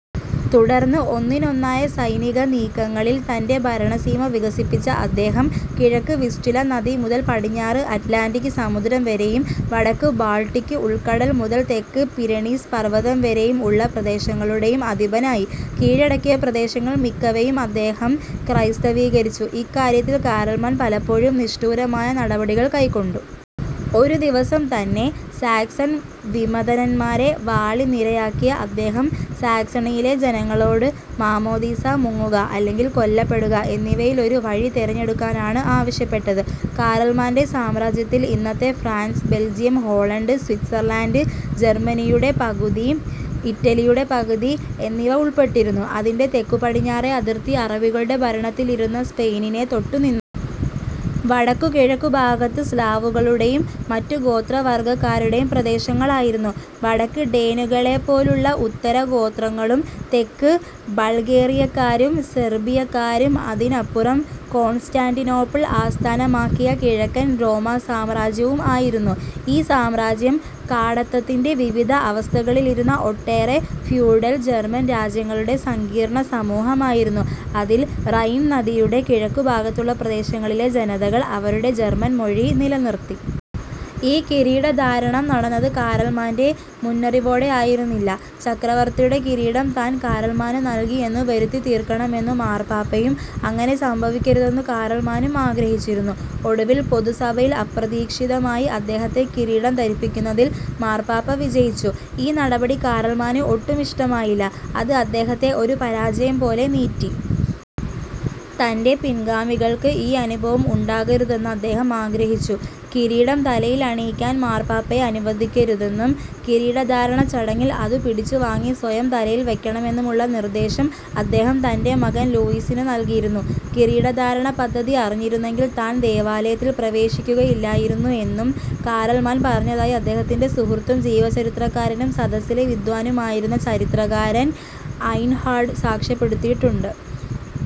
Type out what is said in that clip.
തുടർന്ന് ഒന്നിനൊന്നായ സൈനികനീക്കങ്ങളിൽ തന്റെ ഭരണസീമ വികസിപ്പിച്ച അദ്ദേഹം കിഴക്ക് വിസ്റ്റുല നദി മുതൽ പടിഞ്ഞാറ് അറ്റ്ലാന്റിക് സമുദ്രം വരേയും വടക്ക് ബാൾട്ടിക്ക് ഉൾക്കടൽ മുതൽ തെക്ക് പിരണീസ് പർവതം വരേയും ഉള്ള പ്രദേശങ്ങളുടേയും അധിപനായി. കീഴടക്കിയ പ്രദേശങ്ങൾ മിക്കവയും അദ്ദേഹം ക്രൈസ്തവീകരിച്ചു. ഇക്കാര്യത്തിൽ കാറൽമാൻ പലപ്പോഴും നിഷ്ഠൂരമായ നടപടികൾ കൈക്കൊണ്ടു. ഒരു ദിവസം തന്നെ സാക്സൻ വിമതന്മാരെ വാളിനിരയാക്കിയ അദ്ദേഹം, സാക്സണിയിലെ ജനങ്ങളോട് "മാമ്മോദീസാ മുങ്ങുക അല്ലെങ്കിൽ കൊല്ലപ്പെടുക" എന്നിവയിലൊരു വഴി തെരഞ്ഞെടുക്കാനാണ് ആവശ്യപ്പെട്ടത്. കാറൽമാന്റെ സാമ്രാജ്യത്തിൽ ഇന്നത്തെ ഫ്രാൻസ്, ബെൽജിയം, ഹോളണ്ട്, സ്വിറ്റ്സർലാന്റ്, ജർമ്മനിയുടെ പകുതി, ഇറ്റലിയുടെ പകുതി എന്നിവ ഉൾപ്പെട്ടിരുന്നു. അതിന്റെ തെക്കു പടിഞ്ഞാറേ അതിർത്തി അറബികളുടെ ഭരണത്തിലിരുന്ന സ്പെയിനിനെ തൊട്ടു നിന്നു. വടക്കു കിഴക്കു ഭാഗത്ത് സ്ലാവുകളുടേയും മറ്റു ഗോത്രവർഗ്ഗക്കാരുടേയും പ്രദേശങ്ങളായിരുന്നു; വടക്ക് ഡേനുകളേപ്പോലുള്ള ഉത്തരഗോത്രങ്ങളും, തെക്ക് ബൾഗേറിയാക്കാരും സെർബിയാക്കാരും, അതിനപ്പുറം കോൺസ്റ്റാന്റിനോപ്പിൾ ആസ്ഥാനമാക്കിയ കിഴക്കൻ റോമാസാമ്രാജ്യവും ആയിരുന്നു. ഈ സാമ്രാജ്യം, കാടത്തത്തിന്റെ വിവിധ അവസ്ഥകളിലിരുന്ന ഒട്ടേറെ ഫ്യൂഡൽ ജർമ്മൻ രാജ്യങ്ങളുടെ സങ്കീർണ്ണസമൂഹമായിരുന്നു. അതിൽ റൈൻ നദിയുടെ കിഴക്കു ഭാഗത്തുള്ള പ്രദേശങ്ങളിലെ ജനതകൾ അവരുടെ ജർമ്മൻ മൊഴി നിലനിർത്തി. ഈ കിരീടധാരണം നടന്നത് കാറൽമാന്റെ മുന്നറിവോടെ ആയിരുന്നില്ല. ചക്രവർത്തിയുടെ കിരീടം താൻ കാറൽമാനു നൽകി എന്നു വരുത്തിതീർക്കണമെന്നു മാർപ്പാപ്പയും അങ്ങനെ സംഭവിക്കരുതെന്നു കാറൽമാനും ആഗ്രഹിച്ചിരുന്നു. ഒടുവിൽ പൊതുസഭയിൽ അപ്രതീക്ഷിതമായി അദ്ദേഹത്തെ കിരീടം ധരിപ്പിക്കുന്നതിൽ മാർപ്പാപ്പ വിജയിച്ചു. ഈ നടപടി കാറൽമാന് ഒട്ടും ഇഷ്ടമായില്ല. അത് അദ്ദേഹത്തെ ഒരു പരാജയം പോലെ നീറ്റി. തന്റെ പിൻഗാമികൾക്ക് ഈ അനുഭവം ഉണ്ടാകരുതെന്ന് അദ്ദേഹം ആഗ്രഹിച്ചു. കിരീടം തലയിൽ അണിയിക്കാൻ മാർപ്പാപ്പയെ അനുവദിക്കരുതെന്നും കിരീടധാരണച്ചടങ്ങിൽ അതു പിടിച്ചു വാങ്ങി സ്വയം തലയിൽ വയ്ക്കണമെന്നുമുള്ള നിർദ്ദേശം അദ്ദേഹം തന്റെ മകൻ ലൂയീസിനു നൽകിയിരുന്നു. കിരീടധാരണപദ്ധതി അറിഞ്ഞിരുന്നെങ്കിൽ താൻ ദേവാലയത്തിൽ പ്രവേശിക്കുകയില്ലായിരുന്നു എന്നു കാറൽമാൻ പറഞ്ഞതായി അദ്ദേഹത്തിന്റെ സുഹൃത്തും, ജീവചരിത്രകാരനും സദസ്സിലെ വിദ്വാനുമായിരുന്ന ചരിത്രകാരൻ ഐയ്ൻഹാർഡ് സാക്ഷ്യപ്പെടുത്തിയിട്ടുണ്ട്.